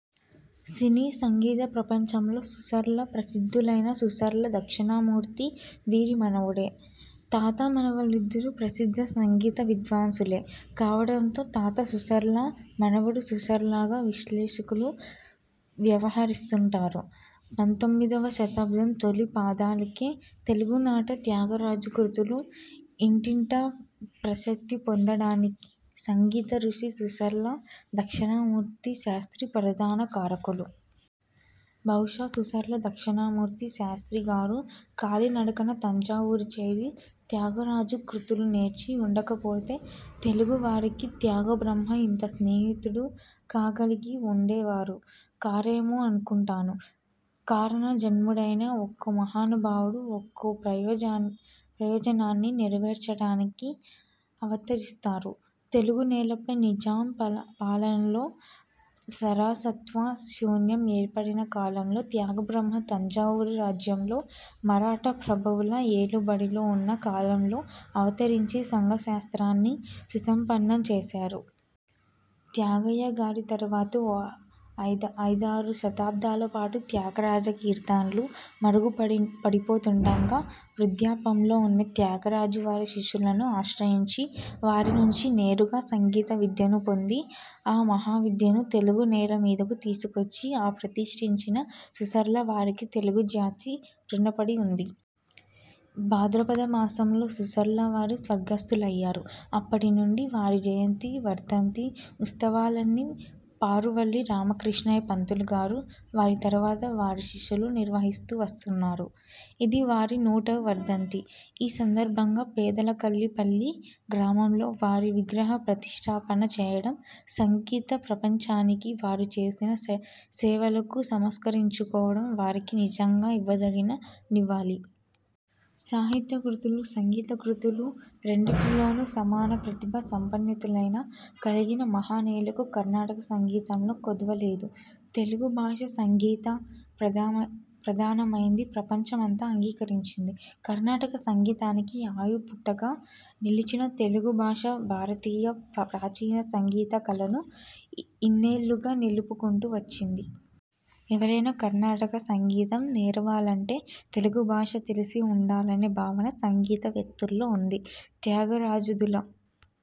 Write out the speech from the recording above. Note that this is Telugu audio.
సినీ సంగీత ప్రపంచంలో సుసర్ల ప్రసిద్ధులైన సుసర్ల దక్షిణామూర్తి వీరి మనువడే! తాత మనుమలిద్దరూ ప్రసిద్ధ సంగీత విద్వాంసులే కావటంతో తాత సుసర్ల, మనుమడు సుసర్లగా విశ్లేషికులు వ్యవహరిస్తుంటారు. పంతొమ్మిదివ శతాబ్ది తొలిపాదానికే తెలుగు నాట త్యాగరాజ కృతులు ఇంటింటా ప్రశస్తి పొందటానికి సంగీత ఋషి సుసర్ల దక్షిణామూర్తి శాస్ర్తి ప్రధాన కారకులు. బహుశా సుసర్ల దక్షిణామూర్తి శాస్త్రీ గారు కాలినడకన తంజావూరు చేరి త్యాగరాజ కృతులు నేర్చి ఉండకపోతే, తెలుగు వారికి త్యాగ బ్రహ్మ ఇంత స్నేహితుడు కాగలిగి ఉండేవారు కారేమో అనుకుంటాను. కారణ జన్ముడైన ఒక్కో మహానుభావుడు ఒక్కో ప్రయోజన ప్రయోజనాన్ని నెరవేర్చటానికి అవతరిస్తారు. తెలుగు నేలపైన నిజాం పాలనలో సరాసత్వ శూన్యం ఏర్పడిన కాలంలో త్యాగ బ్రహ్మ తంజావూరు రాజ్యంలో మరాఠా ప్రభువుల ఏలుబడిలో ఉన్న కాలంలో అవతరించి సంగ శాస్త్రాన్ని సుసంపన్నం చేశారు. త్యాగయ్య గారి తరువాత ఓ ఐద ఐదారు దశాబ్దాల పాటు త్యాగరాజ కీర్తనలు మరుగున పడిపోతుండగా, వృద్ధాప్యంలో ఉన్న త్యాగరాజు వారి శిష్యులను ఆశ్రయించి, వారి నుంచి నేరుగా సంగీత విద్యను పొంది ఆ మహావిద్యను తెలుగు నేలమీదకు తీసుకువచ్చి ఆ ప్రతిష్టించిన సుసర్ల వారికి తెలుగు జాతి రుణపడి ఉంది. భాద్రపద మాసంలో సుసర్లవారు స్వర్గస్థులయ్యారు. అప్పటి నుండి వారి జయంతి, వర్ధంతి ఉత్సవాల్ని పారువల్లి రామకృష్ణయ్య పంతులు గారు, వారి తరువాత వారి శిష్యులూ నిర్వహిస్తూ వస్తున్నారు. ఇది వారి నూటవ వర్ధంతి. ఈ సందర్భంగా పెదకళ్ళేపల్లి గ్రామంలో వారి విగ్రహ ప్రతిష్ఠాపన చేయటం, సంగీత ప్రపంచానికి వారు చేసిన సేవలను సంస్కరించుకోవటం వారికి నిజంగా ఇవ్వదగిన నివాళి. సాహిత్య కృతులు, సంగీత కృతులు రెండింటిలోనూ సమాన ప్రతిభా సంపన్నత కలిగిన మహనీయులకు కర్ణాటక సంగీతంలో కొదవ లేదు. తెలుగు భాష సంగీత ప్రధానమైందని ప్రపంచం అంతా అంగీకరించింది. కర్ణాటక సంగీతానికి ఆయువుపట్టుగా నిలిచిన తెలుగు భాష భారతీయ ప్రాచీన సంగీత కళను ఇన్నేళ్లుగా నిలుపుకుంటూ వచ్చింది. ఎవరైనా కర్ణాటక సంగీతం నేరవాలంటే తెలుగు భాష తెలిసి ఉండాలనే భావన సంగీత వేత్తల్లో ఉంది. త్యాగరాజాదుల